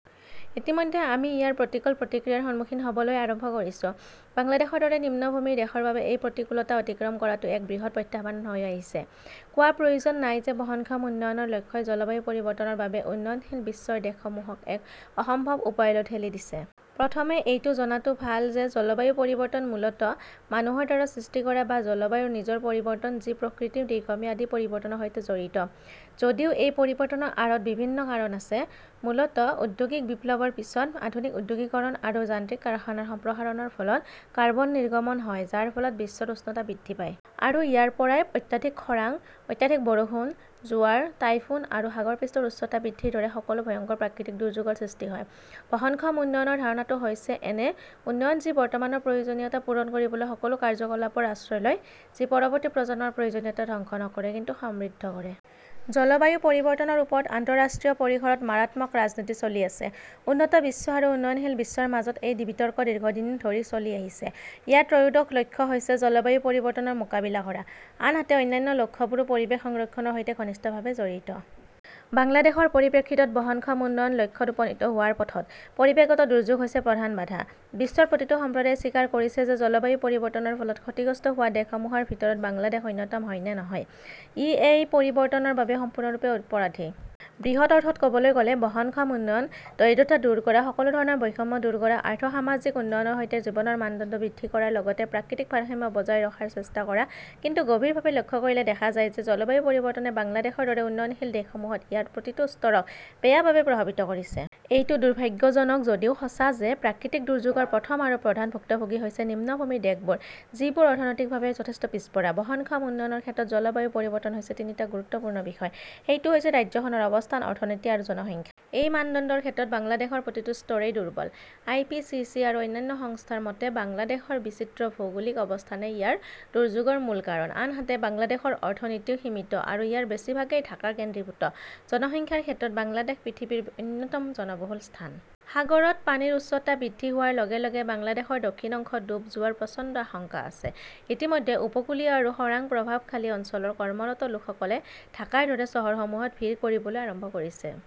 ইতিমধ্যে আমি ইয়াৰ প্ৰতিকূল প্ৰতিক্ৰিয়াৰ সন্মুখীন হ'বলৈ আৰম্ভ কৰিছো। বাংলাদেশৰ দৰে নিম্নভূমিৰ দেশৰ বাবে এই প্ৰতিকূলতা অতিক্ৰম কৰাটো এক বৃহৎ প্ৰত্যাহ্বান হৈ আহিছে। কোৱাৰ প্ৰয়োজন নাই যে বহনক্ষম উন্নয়নৰ লক্ষ্যই জলবায়ু পৰিৱৰ্তনৰ বাবে উন্নয়নশীল বিশ্বৰ দেশসমূহক এক অসম্ভৱ উপায়লৈ ঠেলি দিছে। প্ৰথমে এইটো জনাটো ভাল যে জলবায়ু পৰিৱৰ্তন মূলতঃ মানুহৰ দ্বাৰা সৃষ্টি কৰা বা জলবায়ুৰ নিজৰ পৰিৱৰ্তন যি প্ৰকৃতিৰ দীৰ্ঘম্যাদী পৰিৱৰ্তনৰ সৈতে জড়িত। যদিও এই পৰিৱৰ্তনৰ আঁৰত বিভিন্ন কাৰণ আছে, মূলতঃ ঔদ্যোগিক বিপ্লৱৰ পিছত আধুনিক ঔদ্যোগিকৰণ আৰু যান্ত্ৰিক কাৰখানাৰ সম্প্ৰসাৰণৰ ফলত কাৰ্বন নিৰ্গমন হয় যাৰ ফলত বিশ্বৰ উষ্ণতা বৃদ্ধি পায়। আৰু ইয়াৰ পৰাই অত্যাধিক খৰাং, অত্যাধিক বৰষুণ, জোৱাৰ, টাইফুন আৰু সাগৰ পৃষ্ঠৰ উচ্চতা বৃদ্ধিৰ দৰে সকলো ভয়ংকৰ প্ৰাকৃতিক দুৰ্যোগৰ সৃষ্টি হয়। বহনক্ষম উন্নয়নৰ ধাৰণাটো হৈছে এনে উন্নয়ন যি বৰ্তমানৰ প্ৰয়োজনীয়তা পূৰণ কৰিবলৈ সকলো কাৰ্যকলাপৰ আশ্ৰয় লয়, যি পৰৱৰ্তী প্ৰজন্মৰ প্ৰয়োজনীয়তা ধ্বংস নকৰে কিন্তু সমৃদ্ধ কৰে। জলবায়ু পৰিৱৰ্তনৰ ওপৰত আন্তঃৰাষ্ট্ৰীয় পৰিসৰত মাৰাত্মক ৰাজনীতি চলি আছে। উন্নত বিশ্ব আৰু উন্নয়নশীল বিশ্বৰ মাজত এই বিতৰ্ক দীৰ্ঘদিন ধৰি চলি আহিছে। ইয়াৰ ত্ৰয়োদশ লক্ষ্য হৈছে জলবায়ু পৰিৱৰ্তনৰ মোকাবিলা কৰা, আনহাতে অন্যান্য লক্ষ্যবোৰো পৰিৱেশ সংৰক্ষণৰ সৈতে ঘনিষ্ঠভাৱে জড়িত। বাংলাদেশৰ পৰিপ্ৰেক্ষিতত বহনক্ষম উন্নয়ন লক্ষ্যত উপনীত হোৱাৰ পথত পৰিৱেশগত দুৰ্যোগ হৈছে প্ৰধান বাধা। বিশ্বৰ প্ৰতিটো সম্প্ৰদায়ে স্বীকাৰ কৰিছে যে জলবায়ু পৰিৱৰ্তনৰ ফলত ক্ষতিগ্ৰস্ত হোৱা দেশসমূহৰ ভিতৰত বাংলাদেশ অন্যতম হয় নে নহয়, ই এই পৰিৱৰ্তনৰ বাবে সম্পূৰ্ণৰূপে অপৰাধী। বৃহৎ অৰ্থত ক'বলৈ গ'লে, বহনক্ষম উন্নয়ন, দৰিদ্ৰতা দূৰ কৰা, সকলো ধৰণৰ বৈষম্য দূৰ কৰা, আৰ্থ-সামাজিক উন্নয়নৰ সৈতে জীৱনৰ মানদণ্ড বৃদ্ধি কৰাৰ লগতে প্ৰাকৃতিক ভাৰসাম্য বজাই ৰখাৰ চেষ্টা কৰা; কিন্তু গভীৰভাৱে লক্ষ্য কৰিলে দেখা যায় যে জলবায়ু পৰিৱৰ্তনে বাংলাদেশৰ দৰে উন্নয়নশীল দেশসমূহত ইয়াৰ প্ৰতিটো স্তৰক বেয়াভাৱে প্ৰভাৱিত কৰিছে। এইটো দুৰ্ভাগ্যজনক যদিও সঁচা যে প্ৰাকৃতিক দুৰ্যোগৰ প্ৰথম আৰু প্ৰধান ভুক্তভোগী হৈছে নিম্নভূমিৰ দেশবোৰ, যিবোৰ অৰ্থনৈতিকভাৱে যথেষ্ট পিছপৰা। বহনক্ষম উন্নয়নৰ ক্ষেত্ৰত জলবায়ু পৰিৱৰ্তন হৈছে তিনিটা গুৰুত্বপূৰ্ণ বিষয়। সেইটো হৈছে ৰাজ্যখনৰ অৱস্থান, অৰ্থনীতি আৰু জনসংখ্যা। এই মানদণ্ডৰ ক্ষেত্ৰত বাংলাদেশৰ প্ৰতিটো স্তৰেই দুৰ্বল। আই. পি. চি. চি. আৰু অন্যান্য সংস্থাৰ মতে বাংলাদেশৰ বিচিত্ৰ ভৌগোলিক অৱস্থানেই ইয়াৰ দুৰ্যোগৰ মূল কাৰণ। আনহাতে বাংলাদেশৰ অৰ্থনীতিও সীমিত আৰু ইয়াৰ বেছিভাগেই ঢাকা কেন্দ্ৰীভূত। জনসংখ্যাৰ ক্ষেত্ৰত বাংলাদেশ পৃথিৱীৰ অন্যতম জনবহুল স্থান। সাগৰত পানীৰ উচ্চতা বৃদ্ধি হোৱাৰ লগে লগে বাংলাদেশৰ দক্ষিণ অংশ ডুব যোৱাৰ প্ৰচণ্ড আশংকা আছে। ইতিমধ্যে উপকূলীয় আৰু খৰাং প্ৰভাৱশালী অঞ্চলৰ কৰ্মৰত লোকসকলে ঢাকাৰ দৰে চহৰসমূহত ভিৰ কৰিবলৈ আৰম্ভ কৰিছে।